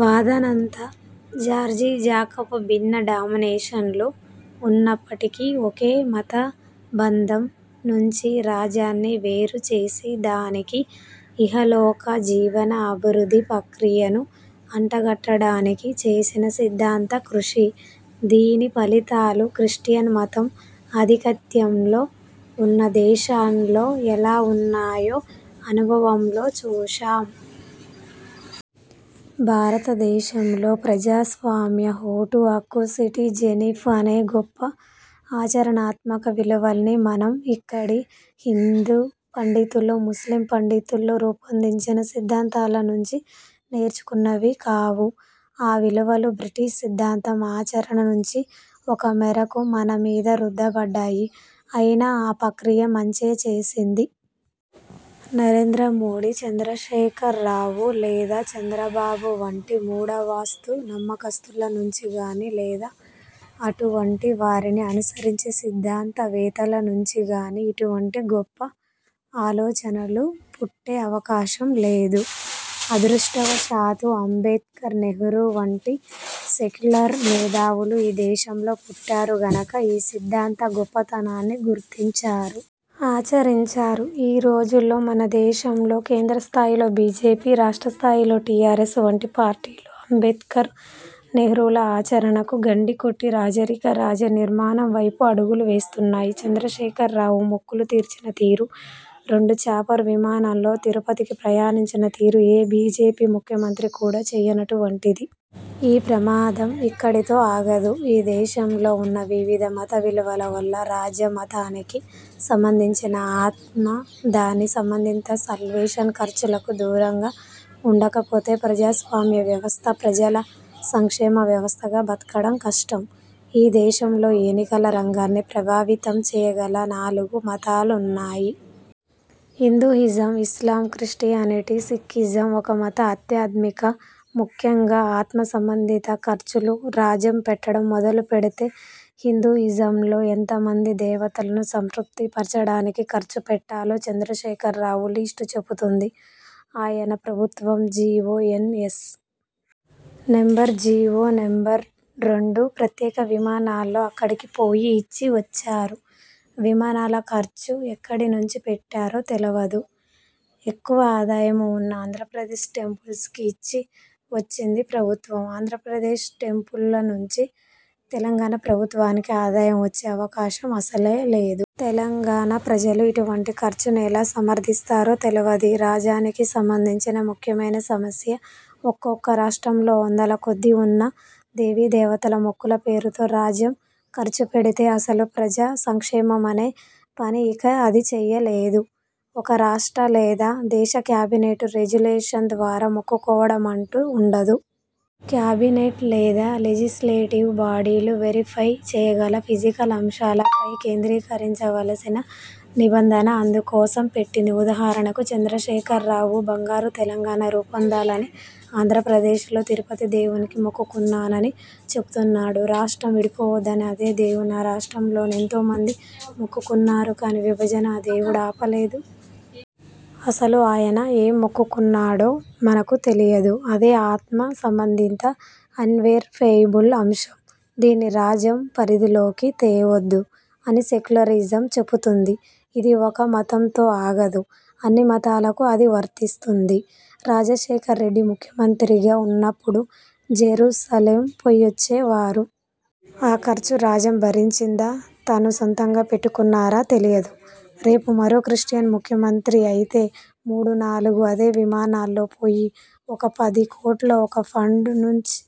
వాదనంతా George Jacob భిన్న డామినేషన్లు ఉన్నప్పటికి ఒకే మత బంధం నుంచి రాజాన్ని వేరు చేసి దానికి ఇహలోక జీవన అభివృద్ధి ప్రక్రియను అంటగట్టడానికి చేసిన సిద్ధాంత కృషి. దీని ఫలితాలు క్రిస్టియన్ మతం ఆధిక్యతలో ఉన్న దేశాల్లో ఎలా ఉన్నాయో అనుభవంలో చూశాం. భారతదేశంలో ప్రజాస్వామ్యం, ఓటుహక్కు, సిటిజెన్షిప్ అనే గొప్ప ఆచరణాత్మక విలువల్ని మనం ఇక్కడి హిందూ పండితులో, ముస్లిం పండితులో రూపొందించిన సిద్ధాంతాల నుంచి నేర్చుకున్నవి కావు. ఆ విలువలు బ్రిటిష్ సిద్ధాంత, ఆచరణ నుంచి ఒక మేరకు మన మీద రుద్దబడ్డాయి. ఐనా ఆ ప్రక్రియ మంచే చేసింది. నరేంద్ర మోదీ, చంద్రశేఖర్ రావు లేదా చంద్రబాబు వంటి మూఢ, వాస్తు నమ్మకస్తుల నుంచి గానీ, లేదా అటువంటి వారిని అనుసరించే సిద్ధాంతవేత్తల నుంచి గానీ ఇటువంటి గొప్ప ఆలోచనలు పుట్టే అవకాశం లేదు. అదృష్టవశాత్తు అంబేడ్కర్, నెహ్రూ వంటి సెక్యులర్ మేధావులు ఈ దేశంలో పుట్టారు కనుక ఈ సిద్ధాంతం గొప్పతనాన్ని గుర్తించారు. ఆచరించారు. ఈ రోజుల్లో మన దేశంలో కేంద్ర స్థాయిలో బీజేపీ రాష్ట్ర స్థాయిలో టీఆర్ఎస్ వంటి పార్టీలు అంబేడ్కర్, నెహ్రూల ఆచరణకు గండికొట్టి రాజరిక రాజ్య నిర్మాణం వైపు అడుగులు వేస్తున్నాయి. చంద్రశేఖర్ రావు మొక్కులు తీర్చిన తీరు, రెండు చాపర్ విమానాల్లో తిరుపతికి ప్రయాణించిన తీరు, ఏ బీజేపీ ముఖ్యమంత్రి కూడా చెయ్యనటువంటిది. ఈ ప్రమాదం ఇక్కడితో ఆగదు. ఈ దేశంలో ఉన్న వివిధ మత విలువల వల్ల రాజ్య మతానికి సంబంధించిన ఆత్మ, దాని సంబంధిత సాల్వేషన్ ఖర్చులకు దూరంగా ఉండకపోతే ప్రజాస్వామ్య వ్యవస్థ ప్రజల సంక్షేమ వ్యవస్థగా బతకడం కష్టం. ఈ దేశంలో ఎన్నికల రంగాన్ని ప్రభావితం చెయ్యగల నాలుగు మతాలున్నాయి. హిందూయిజం, ఇస్లాం, క్రిస్టియానిటీ, సిక్కిజం. ఒక మతం ఆధ్యాత్మిక ముఖ్యంగా ఆత్మ సంబంధిత ఖర్చులు రాజ్యం పెట్టడం మొదలు పెడితే హిందూ ఇజంలో ఎంత మంది దేవతలను సంతృప్తి పర్చడానికి ఖర్చు పెట్టాలో చంద్రశేఖర్ రావు లిస్టే చెబుతుంది. ఆయన ప్రభుత్వం జీవో ఎం. ఎస్. నెం. జీవో నెం. రెండు ప్రత్యేక విమానాల్లో అక్క డికి పోయి ఇచ్చి వచ్చారు. విమానాల ఖర్చు ఎక్కడి నుంచి పెట్టారో తెలువదు. ఎక్కువ ఆదాయం ఉన్న ఆంధ్రప్రదేశ్ టెంపుల్స్ కి ఇచ్చి వచ్చిందీ ప్రభుత్వం. ఆంధ్రప్రదేశ్ టెంపుళ్ల నుంచి తెలంగాణ ప్రభుత్వానికి ఆదాయం వచ్చే అవకాశం అసలే లేదు. తెలంగాణ ప్రజలు ఇటువంటి ఖర్చును ఎలా సమర్థిస్తారో తెలువది. రాజ్యానికి సంబంధించిన ముఖ్యమైన సమస్య ఒక్కొక్క రాష్ట్రంలో వందల కొద్దీ ఉన్న దేవీదేవతలు మొక్కుల పేరుతో రాజ్యం ఖర్చుపెడితే అసలు ప్రజా సంక్షేమమనే పని ఇక అది చెయ్యలేదు. ఒక రాష్ట్ర లేదా దేశ కేబినెట్ రెజల్యూషన్ ద్వారా మొక్కుకోవడమంటూ ఉండదు. కేబినెట్ లేదా లెజిస్లేటివ్ బాడీలు వెరిఫై చెయ్యగల ఫిజికల్ అంశాలపై కేంద్రీకరించవలసిన నిబంధన అందుకోసం పెట్టింది. ఉదాహరణకు చంద్రశేఖర్ రావు బంగారు తెలంగాణ రూపొందాలని ఆంధ్రప్రదేశ్లో తిరుపతి దేవునికి మొక్కుకున్నానని చెబుతున్నాడు. రాష్ట్రం విడిపోవద్దని అదే దేవుణ్ణి ఆ రాష్ట్రంలోని ఎంతోమంది మొక్కుకున్నారు. కానీ విభజనను ఆ దేవుడు ఆపలేదు. అసలు ఆయన ఏం మొక్కుకున్నాడో మనకు తెలియదు. ఇదే ఆత్మ సంబంధిత అన్వెరి ఫెయబుల్ అంశం. దీన్ని రాజ్యం పరిధిలోకి తేవద్దు అని సెక్యులరిజం చెబుతుంది. ఇది ఒక్క మతంతో ఆగదు. అన్ని మతాలకు అది వర్తిస్తుంది. రాజశేఖర్ రెడ్డి ముఖ్యమంత్రిగా ఉన్నప్పుడు జెరూసలేం పొయ్యొచ్చేవారు. ఆ ఖర్చు రాజ్యం భరించిందా తాను సొంతంగా పెట్టుకున్నారా తెలియదు. రేపు మరో క్రిస్టియన్ ముఖ్యమంత్రి అయితే మూడు నాలుగు అదే విమానాల్లో పోయి ఒక పదికోట్లు ఒక ఫండ్ నుంచి